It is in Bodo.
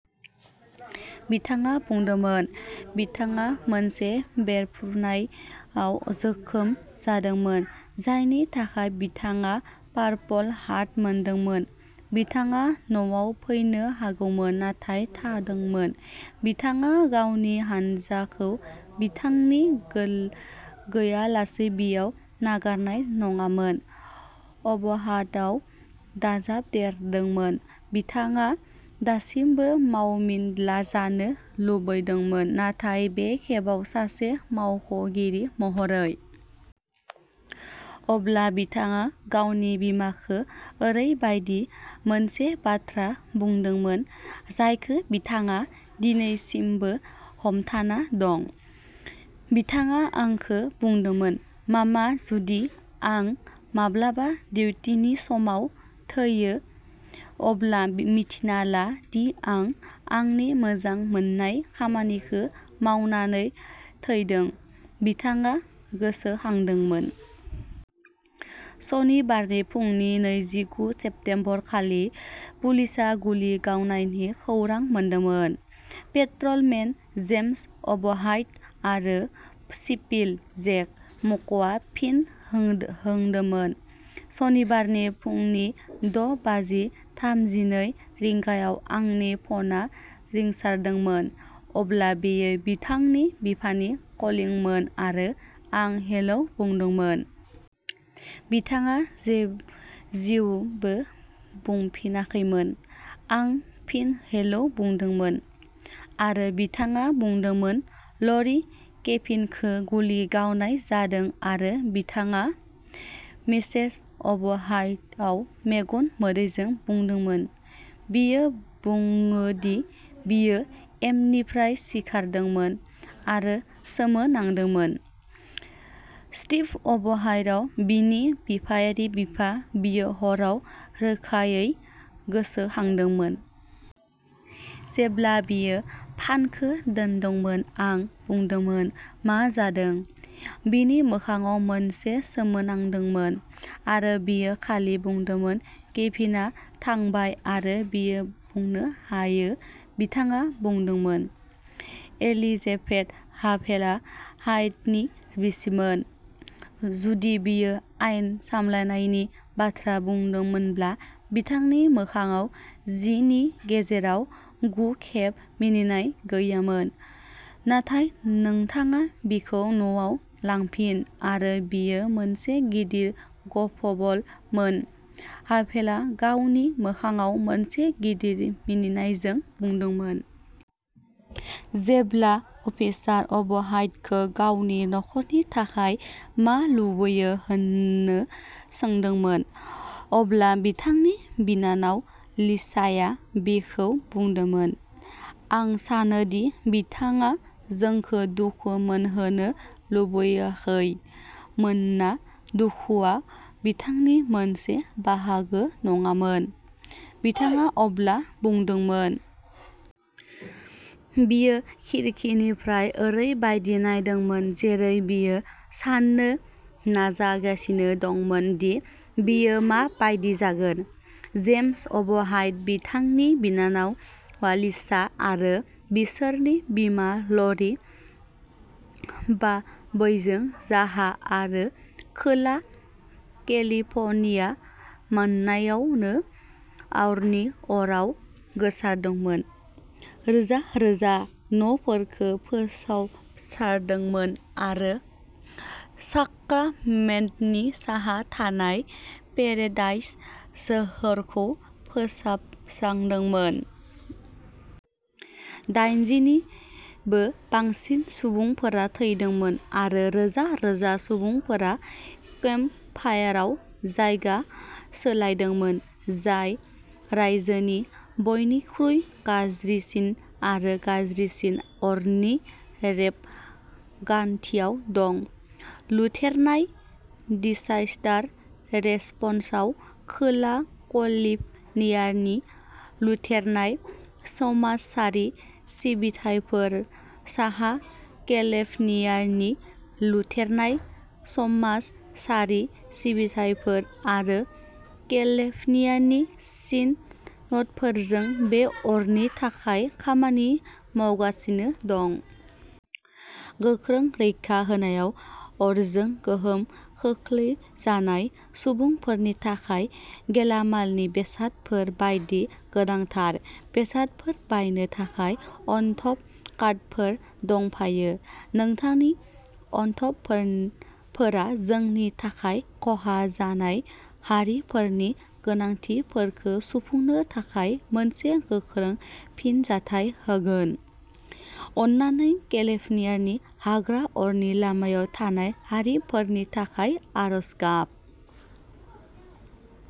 बिथाङा बुंदोंमोन। बिथाङा मोनसे बेरफ्रुनायाव जोखोम जादोंमोन जायनि थाखाय बिथाङा पारपल हार्ट मोनदोंमोन। बिथाङा न'आव फैनो हागौमोन नाथाय थादोंमोन। "बिथाङा गावनि हानजाखौ बिथांनि गैयालासे बैयाव नागारनाय नङामोन", अबहाटाव दाजाबदेरदोंमोन। बिथाङा दासिमबो मावमिन जानो लुबैदोंमोन नाथाय बे खेबाव सासे मावख'गिरि महरै। अब्ला बिथाङा गावनि बिमाखो ओरैबायदि मोनसे बाथ्रा बुंदोंमोन जायखो बिथाङा दिनैसिमबो हमथाना दं। "बिथाङा आंखो बुंदोंमोन, मामा, जुदि आं माब्लाबा डिउटिनि समाव थैयो, अब्ला मिथिना ला दि आं आंनि मोजां मोननाय खामानिखो मावनानै थैदों", बिथाङा गोसोखांदोंमोन। सनिबारनि फुंनि नैजिगु सेप्तेम्बरखालि, पुलिसआ गुलि गावनायनि खौरां मोनदोंमोन। पेट्रलमेन जेम्स अवहाइट आरो सिपिल. जेक म'कआ फिन हो होंदोंमोन। सनिबारनि फुंनि द’ बाजि थामजिनै रिंगायाव आंनि फनआ रिंसारदोंमोन अब्ला बेयो बिथांनि बिफानि कलिंमोन आरो आं हेलौ बुंदोंमोन। बिथाङा जे जिउबो बुंफिनाखैमोन। आं फिन हेलौ बुंदोंमोन। आरो बिथाङा बुंदोंमोन ल'रि, केभिनखो गुलि गावनाय जादों आरो बिथाङा। ", मिसेस अवहाइटआव मेगन मोदैजों बुंदोंमोन। बियो बुङो दि बियो एमनिफ्राय सिखारदोंमोन आरो सोमोनांदोंमोन। स्टिभ अवहाइटआव बिनि बिफायारि बिफा, बियो हराव रोखायै गोसोखांदोंमोन।" जेब्ला बियो फानखौ दोनदोंमोन, आं बुंदोंमोन मा जादों। बिनि मोखांआव मोनसे सोमोनांदोंमोन आरो बियो खालि बुंदोंमोन केभिनआ थांबाय आरो बियो बुंनो हायो, बिथाङा बुंदोंमोन। एलिजेबेथ हाभेलआ हाइटनि बिसिमोन। जुदि बियो आयेन सामलायनायनि बाथ्रा बुंदोंमोनब्ला बिथांनि मोखांआव जि नि गेजेराव गु खेब मिनिनाय गैयोमोन, नाथाय नोंथाङा बिखौ न'आव लांफिन आरो बियो मोनसे गिदिर ग'फबल मोन, हाभेलआ गावनि मोखांआव मोनसे गिदिर मिनिनायजों बुंदोंमोन। जेब्ला अफिसार अवहाइटखो गावनि नखरनि थाखाय मा लुबैयो होननो सोंदोंमोन, अब्ला बिथांनि बिनानाव लिसाया बेखो बुंदोंमोन। "आं सानो दि बिथाङा जोंखौ दुखु मोनहोनो लुबैयाखै, मोनोना दुखुआ बिथांनि मोनसे बाहागो नङामोन", बिथाङा अब्ला बुंदोंमोन। बियो खिरखिनिफ्राय ओरैबायदि नायदोंमोन जेरै बियो साननो नाजागासिनो दंमोन दि बियो मा बायदि जागोन। जेम्स अवहाइट, बिथांनि बिनानाव लिसा आरो बिसोरनि बिमा ल'रि। बावैजों जाहा आरो खोला केलिफ'र्निया मोननायावनो आवरनि अरआव गोसारदोंमोन, रोजा-रोजा न'फोरखौ फोसाबसारदोंमोन आरो साक्रामेन्ट’नि साहा थानाय पेरेडाइस सोहोरखौ फोजोबस्रांदोंमोन। दाइनजि निबो बांसिन सुबुंफोरा थैदोंमोन आरो रोजा-रोजा सुबुंफोरा केम्प फायारआव जायगा सोलायदोंमोन, जाय रायजोनि बयनिख्रुइ गाज्रिसिन आरो गाज्रिसिन अरनि रेबगान्थियाव दं। लुथेरनाय डिसायस्टार रेसपन्सआव खोला केलिफ'नियानि लुथेरान समाजारि सिबिथाइफोर, साहा केलिफ'नियानि लुथेरान समाजारि सिबिथाइफोर आरो केलिफ'नियानि सिन'डफोरजों बे अरनि थाखाय खामानि मावगासिनो दं। गोख्रों रैखा होनायाव अरजों गोहोम खोख्लैजानाय सुबुंफोरनि थाखाय गेलामालनि बेसादफोर बायदि गोनांथार बेसादफोर बायनो थाखाय अनथोब कार्डफोर दंफायो। नोंथांनि अनथोबफोरा जोंनि थाखाय खहा जानाय हारिफोरनि गोनांथिफोरखो सुफुंनो थाखाय मोनसे गोख्रों फिनजाथाय होगोन। अननानै केलिफ'र्नियानि हाग्रा अरनि लामायाव थानाय हारिफोरनि थाखाय आरज गाब।